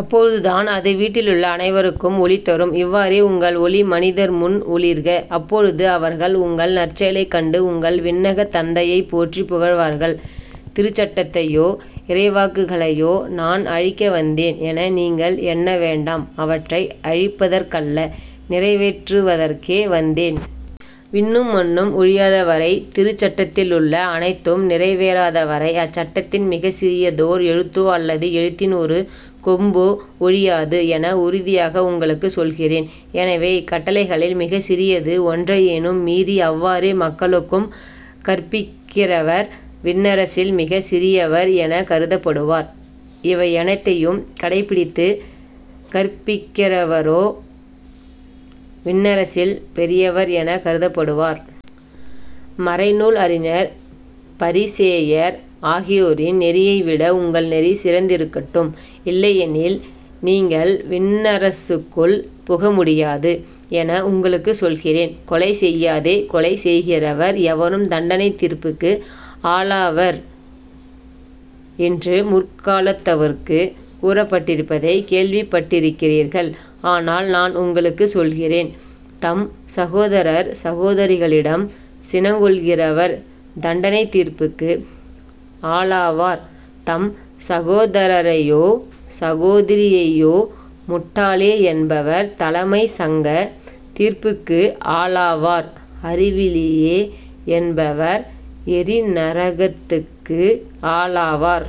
அப்பொழுதுதான் அது வீட்டிலுள்ள அனைவருக்கும் ஒளி தரும். இவ்வாறே உங்கள் ஒளி மனிதர்முன் ஒளிர்க. அப்பொழுது அவர்கள் உங்கள் நற்செயளைக் கண்டு உங்கள் விண்ணகத் தந்தையைப் போற்றிப் புகழ்வார்கள். திருச்சட்டத்தையோ இறைவாக்குகளையோ நான் அழிக்க வந்தேன் என நீங்கள் எண்ண வேண்டாம் அவற்றை அழிப்பதற்கல்ல, நிறைவேற்றுவதற்கே வந்தேன். விண்ணும் மண்ணும் ஒழியாதவரை, திருச்சட்டத்திலுள்ள அனைத்தும் நிறைவேறாதவரை அச்சட்டத்தின் மிகச்சிறியதோர் எழுத்தோ அல்லது எழுத்தின் ஒரு கொம்போ ஒழியாது என உறுதியாக உங்களுக்குச் சொல்கிறேன். எனவே, இக்கட்டளைகளில் மிகச் சிறியது ஒன்றையேனும் மீறி அவ்வாறே மக்களுக்கும் கற்பிக்கிறவர் விண்ணரசில் மிகச் சிறியவர் எனக் கருதப்படுவார். இவையனைத்தையும் கடைப்பிடித்துக் கற்பிக்கிறவரோ விண்ணரசில் பெரியவர் எனக் கருதப்படுவார். மறைநூல் அறிஞர் பரிசேயர் ஆகியோரின் நெறியைவிட உங்கள் நெறி சிறந்திருக்கட்டும். இல்லையெனில். நீங்கள் விண்ணரசுக்குள் புக முடியாது என உங்களுக்குச் சொல்கிறேன். கொலை செய்யாதே கொலை செய்கிறவர் எவரும் தண்டனைத் தீர்ப்புக்கு ஆளாவர் என்று முற்காலத்தவர்க்குக் கூறப்பட்டிருப்பதைக் கேள்விப் பட்டிருக்கிறீர்கள். ஆனால் நான் உங்களுக்குச் சொல்கிறேன் தம் சகோதரர் சகோதரிகளிடம் சினங்கொள்கிறவர் தண்டனைத் தீர்ப்புக்கு ஆளாவார் தம் சகோதரரையோ சகோதரியையோ முட்டாளே என்பவர் தலைமைச் சங்கத் தீர்ப்புக்கு ஆளாவார் அறிவிலியே என்பவர் எரிநரகத்துக்கு ஆளாவார்.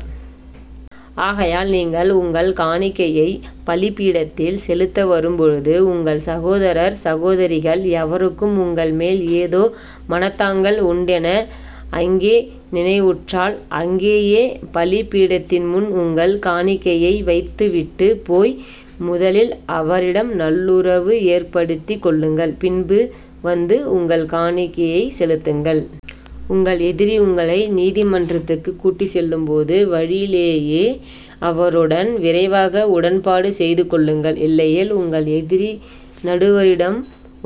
ஆகையால் நீங்கள் உங்கள் காணிக்கையைப் பலிபீடத்தில் செலுத்த வரும்பொழுது உங்கள் சகோதரர் சகோதரிகள் எவருக்கும் உங்கள் மேல் ஏதோ மனத்தாங்கல் உண்டென அங்கே நினைவுற்றால், அங்கேயே பலிபீடத்தின்முன் உங்கள் காணிக்கையை வைத்து விட்டுப் போய் முதலில் அவரிடம் நல்லுறவு ஏற்படுத்திக் கொள்ளுங்கள். பின்பு வந்து உங்கள் காணிக்கையைச் செலுத்துங்கள். உங்கள் எதிரி உங்களை நீதிமன்றத்துக்குக் கூட்டிச் செல்லும் போது வழியிலேயே அவருடன் விரைவாக உடன்பாடு செய்துகொள்ளுங்கள். இல்லையேல் உங்கள் எதிரி நடுவரிடம்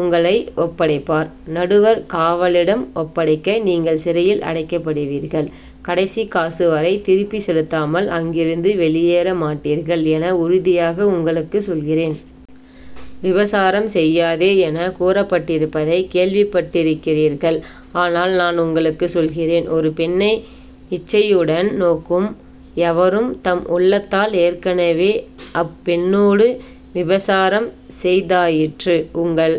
உங்களை ஒப்படைப்பார். நடுவர் காவலிடம் ஒப்படைக்க நீங்கள் சிறையில் அடைக்கப்படுவீர்கள். கடைசிக் காசு வரை திருப்பிச் செலுத்தாமல் அங்கிருந்து வெளியேற மாட்டீர்கள் என உறுதியாக உங்களுக்கு சொல்கிறேன். விபசாரம் செய்யாதே எனக் கூறப்பட்டிருப்பதைக் கேள்விப்பட்டிருக்கிறீர்கள். ஆனால், நான் உங்களுக்குச் சொல்கிறேன் ஒரு பெண்ணை இச்சையுடன் நோக்கும் எவரும் தம் உள்ளத்தால் ஏற்கெனவே அப்பெண்ணோடு விபசாரம் செய்தாயிற்று. உங்கள்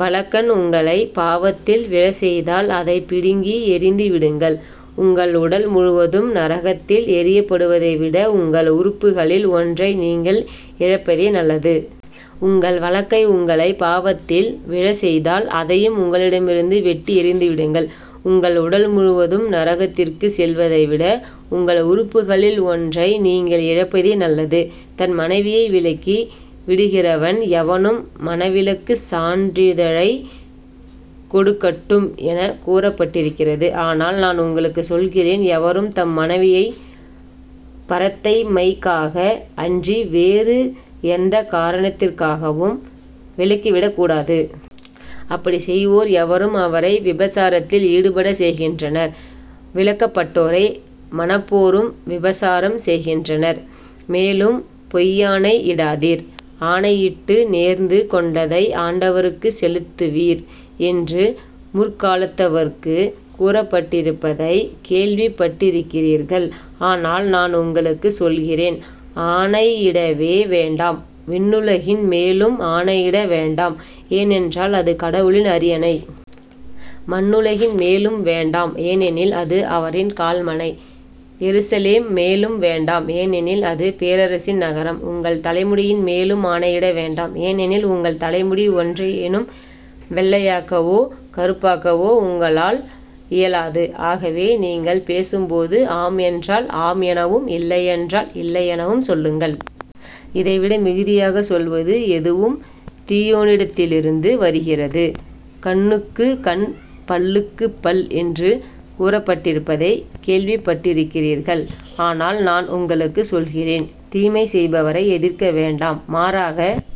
வலக்கண் உங்களைப் பாவத்தில் விழச்செய்தால் அதைப் பிடுங்கி எறிந்து விடுங்கள். உங்கள் உடல் முழுவதும் நரகத்தில் எறியப்படுவதைவிட உங்கள் உறுப்புகளில் ஒன்றை நீங்கள் இழப்பதே நல்லது. உங்கள் வலக்கை உங்களைப் பாவத்தில் விழச் செய்தால் அதையும் உங்களிடமிருந்து வெட்டி எறிந்து விடுங்கள். உங்கள் உடல் முழுவதும் நரகத்திற்குச் செல்வதைவிட உங்கள் உறுப்புகளில் ஒன்றை நீங்கள் இழப்பதே நல்லது. தன் மனைவியை விலக்கி விடுகிறவன் எவனும் மணவிலக்குச் சான்றிதழைக் கொடுக்கட்டும் எனக் கூறப்பட்டிருக்கிறது. ஆனால் நான் உங்களுக்குச் சொல்கிறேன் எவரும் தம் மனைவியைப் பரத்தைமைக்காக அன்றி வேறு எந்தக் காரணத்திற்காகவும் விலக்கிவிடக் கூடாது. அப்படிச் செய்வோர் எவரும் அவரை விபசாரத்தில் ஈடுபடச் செய்கின்றனர். விலக்கப்பட்டோரை மணப்போரும் விபசாரம் செய்கின்றனர். மேலும் பொய்யாணை இடாதீர். ஆணையிட்டு நேர்ந்து கொண்டதை ஆண்டவருக்குச் செலுத்துவீர் என்று முற்காலத்தவர்க்குக் கூறப்பட்டிருப்பதைக் கேள்விப்பட்டிருக்கிறீர்கள். ஆனால் நான் உங்களுக்குச் சொல்கிறேன் ஆணையிடவே வேண்டாம். விண்ணுலகின் மேலும் ஆணையிட வேண்டாம் ஏனென்றால் அது கடவுளின் அரியணை. மண்ணுலகின் மேலும் வேண்டாம் ஏனெனில் அது அவரின் கால்மணை. எருசலேம் மேலும் வேண்டாம் ஏனெனில் அது பேரரசின் நகரம். உங்கள் தலைமுடியின் மேலும் ஆணையிட வேண்டாம் ஏனெனில் உங்கள் தலைமுடி ஒன்றையேனும் வெள்ளையாக்கவோ கறுப்பாக்கவோ உங்களால் இயலாது ஆகவே நீங்கள் பேசும்போது ஆம் என்றால் ஆம் எனவும் இல்லை என்றால் இல்லை எனவும் சொல்லுங்கள். இதைவிட மிகுதியாகச் சொல்வது எதுவும் தீயோனிடத்திலிருந்து வருகிறது. கண்ணுக்குக் கண் பல்லுக்குப் பல் என்று கூறப்பட்டிருப்பதைக் கேள்விப்பட்டிருக்கிறீர்கள். ஆனால் நான் உங்களுக்குச் சொல்கிறேன் தீமை செய்பவரை எதிர்க்க வேண்டாம். மாறாக